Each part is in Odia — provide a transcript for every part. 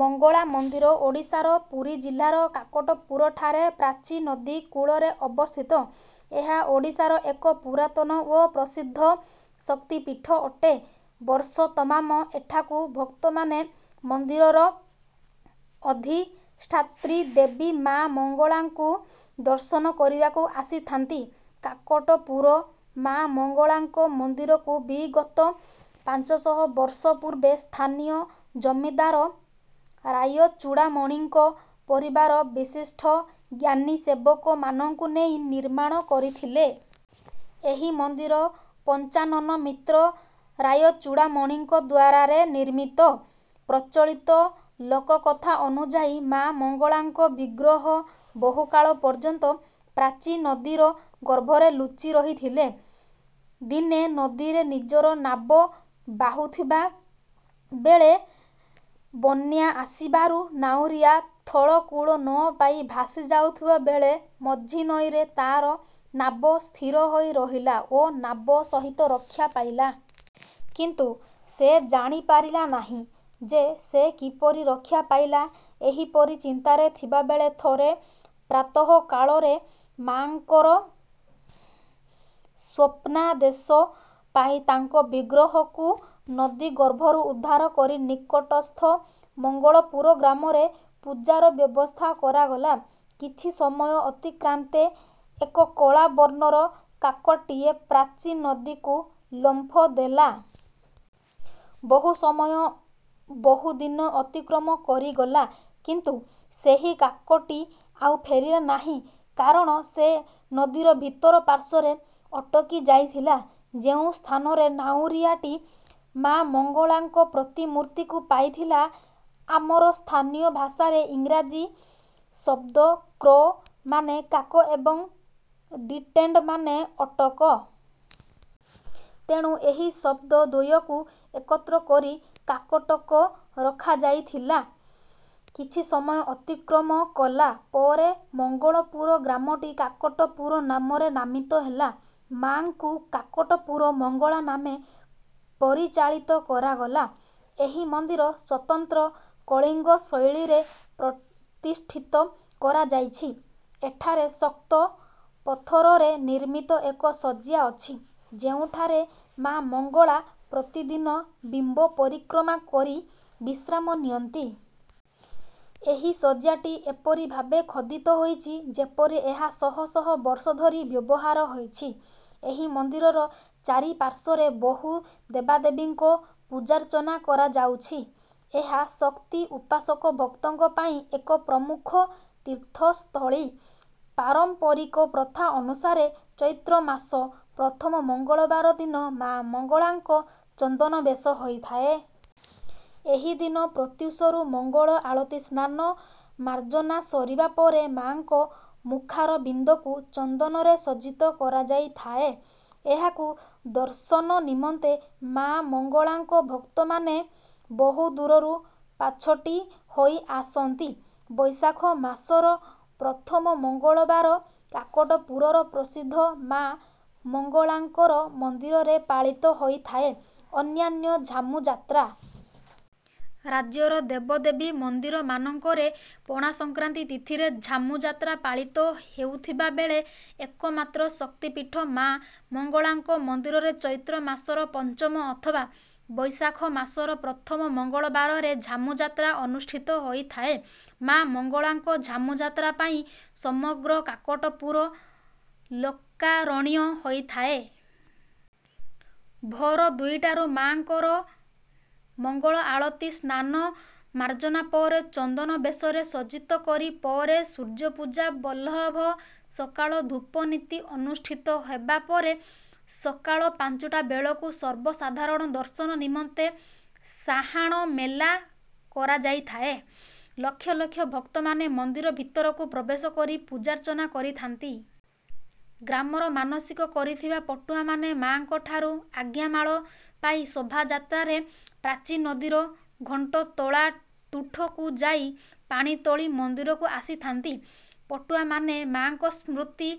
ମଙ୍ଗଳା ମନ୍ଦିର ଓଡ଼ିଶାର ପୁରୀ ଜିଲ୍ଲାର କାକଟପୁରଠାରେ ପ୍ରାଚୀ ନଦୀ କୂଳରେ ଅବସ୍ଥିତ। ଏହା ଓଡ଼ିଶାର ଏକ ପୁରାତନ ଓ ପ୍ରସିଦ୍ଧ ଶକ୍ତିପୀଠ ଅଟେ। ବର୍ଷ ତମାମ ଏଠାକୁ ଭକ୍ତମାନେ ମନ୍ଦିରର ଅଧିଷ୍ଠାତ୍ରୀ ଦେବୀ ମା ମଙ୍ଗଳାଙ୍କୁ ଦର୍ଶନ କରିବାକୁ ଆସିଥାନ୍ତି। କାକଟପୁର ମାମଙ୍ଗଳାଙ୍କ ମନ୍ଦିରକୁ ବିଗତ ପାଞ୍ଚଶହ ବର୍ଷ ପୂର୍ବେ ସ୍ଥାନୀୟ ଜମିଦାର ରାୟଚୁଡାମଣିଙ୍କ ପରିବାର ବିଶିଷ୍ଠ ଜ୍ଞାନୀ ସେବକ ମାନଙ୍କୁ ନେଇ ନିର୍ମାଣ କରିଥିଲେ। ଏହି ମନ୍ଦିର ପଞ୍ଚାନନ ମିତ୍ର ରାୟଚୁଡାମଣିଙ୍କଦ୍ୱାରା ରେ ନିର୍ମିତ। ପ୍ରଚଳିତ ଲୋକକଥା ଅନୁଯାୟୀ ମା ମଙ୍ଗଳାଙ୍କ ବିଗ୍ରହ ବହୁକାଳ ପର୍ଯ୍ୟନ୍ତ ପ୍ରାଚୀ ନଦୀର ଗର୍ଭରେ ଲୁଚିରହିଥିଲେ। ଦିନେ ନଦୀରେ ନିଜର ନାବ ବାହୁଥିବା ବେଳେ ବନ୍ୟା ଆସିବାରୁ ନାଉରିଆ ଥଳକୂଳ ନପାଇ ଭାସି ଯାଉଥିବା ବେଳେ ମଝି ନଈରେ ତାର ନାବ ସ୍ଥିରହୋଇ ରହିଲା ଓ ନାବ ସହିତ ରକ୍ଷା ପାଇଲା। କିନ୍ତୁ ସେ ଜାଣିପାରିଲା ନାହିଁ ଯେ ସେ କିପରି ରକ୍ଷା ପାଇଲା ଏହିପରି ଚିନ୍ତାରେ ଥିବାବେଳେ ଥରେ ପ୍ରାତଃକାଳରେ ମାଙ୍କର ସ୍ୱପ୍ନାଦେଶ ପାଇ ତାଙ୍କ ବିଗ୍ରହକୁ ନଦୀ ଗର୍ଭରୁ ଉଦ୍ଧାର କରି ନିକଟସ୍ଥ ମଙ୍ଗଳପୁର ଗ୍ରାମରେ ପୂଜାର ବ୍ୟବସ୍ଥା କଲା। କିଛି ସମୟ ଅତିକ୍ରାନ୍ତେ ଏକ କଳା ବର୍ଣ୍ଣର କାକଟିଏ ପ୍ରାଚୀ ନଦୀକୁ ଲମ୍ଫ ଦେଲା। ବହୁ ସମୟ ବହୁଦିନ ଅତିକ୍ରମ କରିଗଲା କିନ୍ତୁ ସେହି କାକଟି ଆଉ ଫେରିଲା ନାଇଁ କାରଣ ସେ ନଦୀର ଭିତର ପାର୍ଶ୍ୱରେ ଅଟକି ଯାଇଥିଲା ଯେଉଁ ସ୍ଥାନରେ ନାଉରିଆଟି ମାମଙ୍ଗଳାଙ୍କ ପ୍ରତିମୂର୍ତ୍ତିକୁ ପାଇଥିଲା। ଆମର ସ୍ଥାନୀୟ ଭାଷାରେ ଇଂରାଜୀ ଶବ୍ଦ କ୍ରୋ ମାନେ କାକ ଏବଂ ଡିଟେଣ୍ଡ ମାନେ ଅଟକ। ତେଣୁ ଏହି ଶବ୍ଦ ଦ୍ୱୟକୁ ଏକତ୍ର କରି କାକଟକ ରଖାଯାଇଥିଲା। କିଛି ସମୟ ଅତିକ୍ରମ କଲା ପରେ ମଙ୍ଗଳପୁର ଗ୍ରାମଟି କାକଟପୁର ନାମରେ ନାମିତ ହେଲା। ମାଙ୍କୁ କାକଟପୁର ମଙ୍ଗଳା ନାମେ ପରିଚାଳିତ କରାଗଲା। ଏହି ମନ୍ଦିର ସ୍ୱତନ୍ତ୍ର କଳିଙ୍ଗ ଶୈଳୀରେ ପ୍ରତିଷ୍ଠିତ କରାଯାଇଛି। ଏଠାରେ ଶକ୍ତ ପଥରରେ ନିର୍ମିତ ଏକ ଶଯ୍ୟା ଅଛି ଯେଉଁଠାରେ ମାମଙ୍ଗଳା ପ୍ରତିଦିନ ବିମ୍ବ ପରିକ୍ରମା କରି ବିଶ୍ରାମ ନିଅନ୍ତି। ଏହି ଶଯ୍ୟାଟି ଏପରି ଭାବେ ଖୋଦିତ ହୋଇଛି ଯେପରି ଏହା ଶହ ଶହ ବର୍ଷ ଧରି ବ୍ୟବହାର ହୋଇଛି। ଏହି ମନ୍ଦିରର ଚାରି ପାର୍ଶ୍ୱରେ ବହୁ ଦେବାଦେବୀଙ୍କ ପୂଜାର୍ଚ୍ଚନା କରାଯାଉଛି। ଏହା ଶକ୍ତି ଉପାସକ ଭକ୍ତଙ୍କ ପାଇଁ ଏକ ପ୍ରମୁଖ ତୀର୍ଥସ୍ଥଳୀ। ପାରମ୍ପରିକ ପ୍ରଥା ଅନୁସାରେ ଚୈତ୍ର ମାସ ପ୍ରଥମ ମଙ୍ଗଳବାର ଦିନ ମା ମଙ୍ଗଳାଙ୍କ ଚନ୍ଦନ ବେଶ ହୋଇଥାଏ। ଏହିଦିନ ପ୍ରତ୍ୟୁଷରୁ ମଙ୍ଗଳ ଆଳତି ସ୍ନାନ ମାର୍ଜନା ସରିବା ପରେ ମାଙ୍କ ମୁଖାରବିନ୍ଦକୁ ଚନ୍ଦନରେ ସଜ୍ଜିତ କରାଯାଇଥାଏ। ଏହାକୁ ଦର୍ଶନ ନିମନ୍ତେ ମାମଙ୍ଗଳାଙ୍କ ଭକ୍ତମାନେ ବହୁ ଦୂରରୁ ପାଛୋଟି ହୋଇ ଆସନ୍ତି। ବୈଶାଖ ମାସର ପ୍ରଥମ ମଙ୍ଗଳବାର କାକଟପୁରର ପ୍ରସିଦ୍ଧ ମା ମଙ୍ଗଳାଙ୍କର ମନ୍ଦିରରେ ପାଳିତ ହୋଇଥାଏ ଅନନ୍ୟ ଝାମୁଯାତ୍ରା। ରାଜ୍ୟର ଦେବଦେବୀ ମନ୍ଦିରମାନଙ୍କରେ ପଣା ସଂକ୍ରାନ୍ତି ତିଥିରେ ଝାମୁଯାତ୍ରା ପାଳିତ ହେଉଥିବା ବେଳେ ଏକମାତ୍ର ଶକ୍ତିପୀଠ ମା ମଙ୍ଗଳାଙ୍କ ମନ୍ଦିରରେ ଚୈତ୍ର ମାସର ପଞ୍ଚମ ଅଥବା ବୈଶାଖ ମାସର ପ୍ରଥମ ମଙ୍ଗଳବାରରେ ଝାମୁଯାତ୍ରା ଅନୁଷ୍ଠିତ ହୋଇଥାଏ। ମା ମଙ୍ଗଳାଙ୍କ ଝାମୁଯାତ୍ରା ପାଇଁ ସମଗ୍ର କାକଟପୁର ଲୋକାରଣ୍ୟ ହୋଇଥଏ। ଭୋର ଦୁଇଟାରୁ ମାଙ୍କର ମଙ୍ଗଳ ଆଳତି ସ୍ନାନ ମାର୍ଜନା ପରେ ଚନ୍ଦନବେଶରେ ସଜ୍ଜିତକରି ପରେ ସୂର୍ଯ୍ୟପୂଜା ବଲ୍ଲଭ ସକାଳ ଧୂପନୀତି ଅନୁଷ୍ଠିତ ହେବାପରେ ସକାଳ ପାଞ୍ଚଟା ବେଳକୁ ସର୍ବସାଧାରଣ ଦର୍ଶନ ନିମନ୍ତେ ସାହାଣମେଲା କରାଯାଇଥାଏ। ଲକ୍ଷ ଲକ୍ଷ ଭକ୍ତମାନେ ମନ୍ଦିର ଭିତରକୁ ପ୍ରବେଶକରି ପୂଜାର୍ଚ୍ଚନା କରିଥାନ୍ତି। ଗ୍ରାମର ମାନସିକ କରିଥିବା ପାଟୁଆମାନେ ମାଙ୍କ ଠାରୁ ଆଜ୍ଞାମାଳ ପାଇ ଶୋଭାଯାତ୍ରାରେ ପ୍ରାଚୀ ନଦୀର ଘଣ୍ଟତୋଳାତୁଠକୁ ଯାଇ ପାଣି ତୋଳି ମନ୍ଦିରକୁ ଆସିଥାନ୍ତି। ପାଟୁଆମାନେ ମାଙ୍କ ସ୍ତୁତି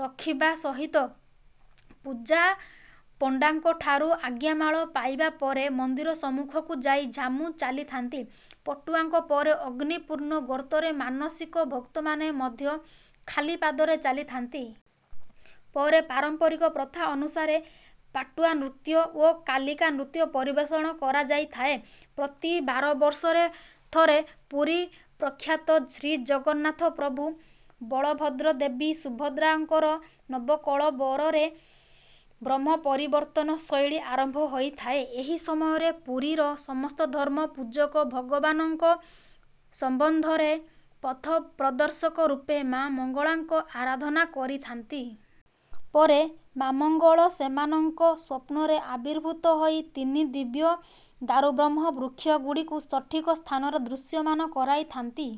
କରିବା ସହିତ ପୂଜାପଣ୍ଡାଙ୍କଠାରୁ ଆଜ୍ଞାମାଳ ପାଇବାପରେ ମନ୍ଦିର ସମ୍ମୁଖକୁ ଯାଇ ଝାମୁ ଚାଲିଥାନ୍ତି। ପାଟୁଆଙ୍କ ପରେ ଅଗ୍ନିପୁର୍ଣ୍ଣ ଗର୍ତ୍ତରେ ମାନସିକ ଭକ୍ତମାନେ ମଧ୍ୟ ଖାଲିପାଦରେ ଚାଲିଥାନ୍ତି। ପରେ ପାରମ୍ପରିକ ପ୍ରଥା ଅନୁସାରେ ପାଟୁଆ ନୃତ୍ୟ ଓ କାଲିକା ନୃତ୍ୟ ପରିବେଷଣ କରାଯାଇଥାଏ। ପ୍ରତି ବାରବର୍ଷରେ ଥରେ ପୁରୀ ପ୍ରଖ୍ୟାତ ଶ୍ରୀଜଗନ୍ନାଥ ପ୍ରଭୁ ବଳଭଦ୍ର ଦେବୀ ସୁଭଦ୍ରା ଙ୍କର ନବକଳେବରରେ ବ୍ରହ୍ମ ପରିବର୍ତ୍ତନ ଶୈଳୀ ଆରମ୍ଭ ହୋଇଥାଏ। ଏହି ସମୟରେ ପୁରୀର ସମସ୍ତ ଧର୍ମ ପୂଜକ ଭଗବାନଙ୍କ ସମ୍ବନ୍ଧରେ ପଥପ୍ରଦର୍ଶକ ରୂପେ ମାମଙ୍ଗଳାଙ୍କ ଆରାଧନା କରିଥାନ୍ତି। ପରେ ମାମଙ୍ଗଳ ସେମାନଙ୍କ ସ୍ୱପ୍ନରେ ଆବିର୍ଭୁତ ହୋଇ ତିନି ଦିବ୍ୟ ଦାରୁବ୍ରହ୍ମ ବୃକ୍ଷ ଗୁଡ଼ିକୁ ସଠିକ ସ୍ଥାନରେ ଦୃଶ୍ୟମାନ କରାଇଥାନ୍ତି।